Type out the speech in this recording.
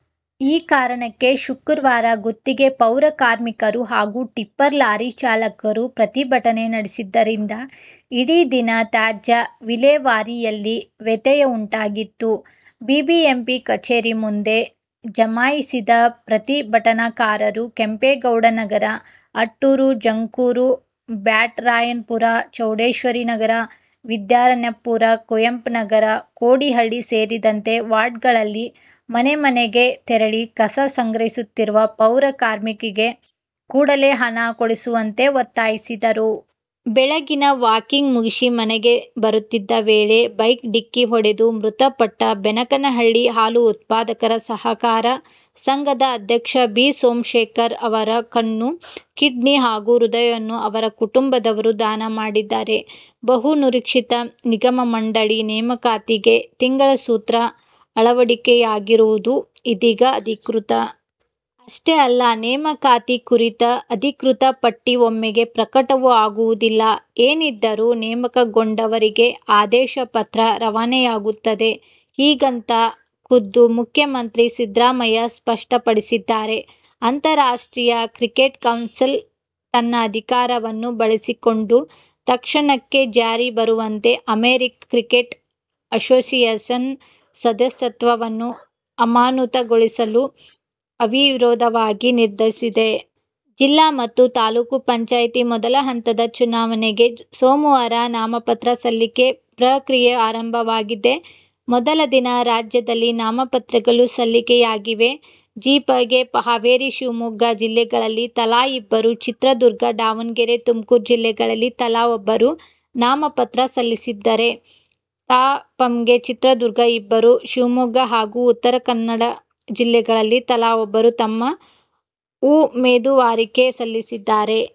ಈ ಕಾರಣಕ್ಕೆ ಶುಕ್ರವಾರ ಗುತ್ತಿಗೆ ಪೌರಕಾರ್ಮಿಕರು ಹಾಗೂ ಟಿಪ್ಪರ್ ಲಾರಿ ಚಾಲಕರು ಪ್ರತಿಭಟನೆ ನಡೆಸಿದ್ದರಿಂದ ಇಡೀ ದಿನ ತ್ಯಾಜ್ಯ ವಿಲೇವಾರಿಯಲ್ಲಿ ವ್ಯತ್ಯಯ ಉಂಟಾಗಿತ್ತು. ಬಿಬಿಎಂಪಿ ಕಚೇರಿ ಮುಂದೆ ಜಮಾಯಿಸಿದ ಪ್ರತಿಭಟನಾಕಾರರು, ಕೆಂಪೇಗೌಡನಗರ, ಅಟ್ಟೂರು, ಜಕ್ಕೂರು, ಬ್ಯಾಟರಾಯನಪುರ, ಚೌಡೇಶ್ವರಿನಗರ, ವಿದ್ಯಾರಣ್ಯಪುರ, ಕುವೆಂಪುನಗರ, ಕೊಡಿಹಳ್ಳಿ ಸೇರಿದಂತೆ ವಾರ್ಡ್ಗಳಲ್ಲಿ ಮನೆಮನೆಗೆ ತೆರಳಿ ಕಸ ಸಂಗ್ರಹಿಸುತ್ತಿರುವ ಪೌರಕಾರ್ಮಿಕರಿಗೆ ಕೂಡಲೇ ಹಣ ಕೊಡಿಸುವಂತೆ ಒತ್ತಾಯಿಸಿದರು. ಬೆಳಗಿನ ವಾಕಿಂಗ್ ಮುಗಿಸಿ ಮನೆಗೆ ಬರುತ್ತಿದ್ದ ವೇಳೆ ಬೈಕ್ ಡಿಕ್ಕಿ ಹೊಡೆದು ಮೃತಪಟ್ಟ ಬೆನಕನಹಳ್ಳಿ ಹಾಲು ಉತ್ಪಾದಕರ ಸಹಕಾರ ಸಂಘದ ಅಧ್ಯಕ್ಷ ಬಿ. ಸೋಮಶೇಖರ್ ಅವರ ಕಣ್ಣು, ಕಿಡ್ನಿ ಹಾಗೂ ಹೃದಯವನ್ನು ಅವರ ಕುಟುಂಬದವರು ದಾನ ಮಾಡಿದ್ದಾರೆ. ಬಹು ನಿರೀಕ್ಷಿತ ನಿಗಮ-ಮಂಡಳಿ ನೇಮಕಾತಿಗೆ ತಿಂಗಳ ಸೂತ್ರ ಅಳವಡಿಕೆಯಾಗಿರುವುದು ಇದೀಗ ಅಧಿಕೃತ. ಅಷ್ಟೇ ಅಲ್ಲ, ನೇಮಕಾತಿ ಕುರಿತ ಅಧಿಕೃತ ಪಟ್ಟಿ ಒಮ್ಮೆಗೆ ಪ್ರಕಟವೂ ಆಗುವುದಿಲ್ಲ. ಏನಿದ್ದರೂ, ನೇಮಕಗೊಂಡವರಿಗೆ ಆದೇಶ ಪತ್ರ ರವಾನೆಯಾಗುತ್ತದೆ. ಹೀಗಂತ ಖುದ್ದು ಮುಖ್ಯಮಂತ್ರಿ ಸಿದ್ದರಾಮಯ್ಯ ಸ್ಪಷ್ಟಪಡಿಸಿದ್ದಾರೆ. ಅಂತಾರಾಷ್ಟ್ರೀಯ ಕ್ರಿಕೆಟ್ ಕೌನ್ಸಿಲ್ ತನ್ನ ಅಧಿಕಾರವನ್ನು ಬಳಸಿಕೊಂಡು ತತ್ಕ್ಷಣಕ್ಕೆ ಜಾರಿ ಬರುವಂತೆ ಅಮೆರಿಕ ಕ್ರಿಕೆಟ್ ಅಸೋಸಿಯೇಶನ್ ನ ಸದಸ್ಯತ್ವವನ್ನು ಅಮಾನತುಗೊಳಿಸಲು ಅವಿರೋಧವಾಗಿ ನಿರ್ಧರಿಸಿದೆ. ಜಿಲ್ಲಾ ಮತ್ತು ತಾಲೂಕು ಪಂಚಾಯತ್ ಮೊದಲ ಹಂತದ ಚುನಾವಣೆಗೆ ಸೋಮವಾರ ನಾಮಪತ್ರ ಸಲ್ಲಿಕೆ ಪ್ರಕ್ರಿಯೆ ಆರಂಭವಾಗಿದೆ. ಮೊದಲ ದಿನ ರಾಜ್ಯದಲ್ಲಿ ನಾಮಪತ್ರಗಳು ಸಲ್ಲಿಕೆಯಾಗಿವೆ. ಜಿಪಂಗೆ ಹಾವೇರಿ, ಶಿವಮೊಗ್ಗ ಜಿಲ್ಲೆಗಳಲ್ಲಿ ತಲಾ ಇಬ್ಬರು, ಚಿತ್ರದುರ್ಗ, ದಾವಣಗೆರೆ, ತುಮಕೂರು ಜಿಲ್ಲೆಗಳಲ್ಲಿ ತಲಾ ಒಬ್ಬರು ನಾಮಪತ್ರ ಸಲ್ಲಿಸಿದ್ದರೆ, ತಾಪಂಗೆ ಚಿತ್ರದುರ್ಗ ಇಬ್ಬರು, ಶಿವಮೊಗ್ಗ ಹಾಗೂ ಉತ್ತರ ಕನ್ನಡ ಜಿಲ್ಲೆಗಳಲ್ಲಿ ತಲಾ ಒಬ್ಬರು ತಮ್ಮ ಉಮೇದುವಾರಿಕೆ ಸಲ್ಲಿಸಿದ್ದಾರೆ.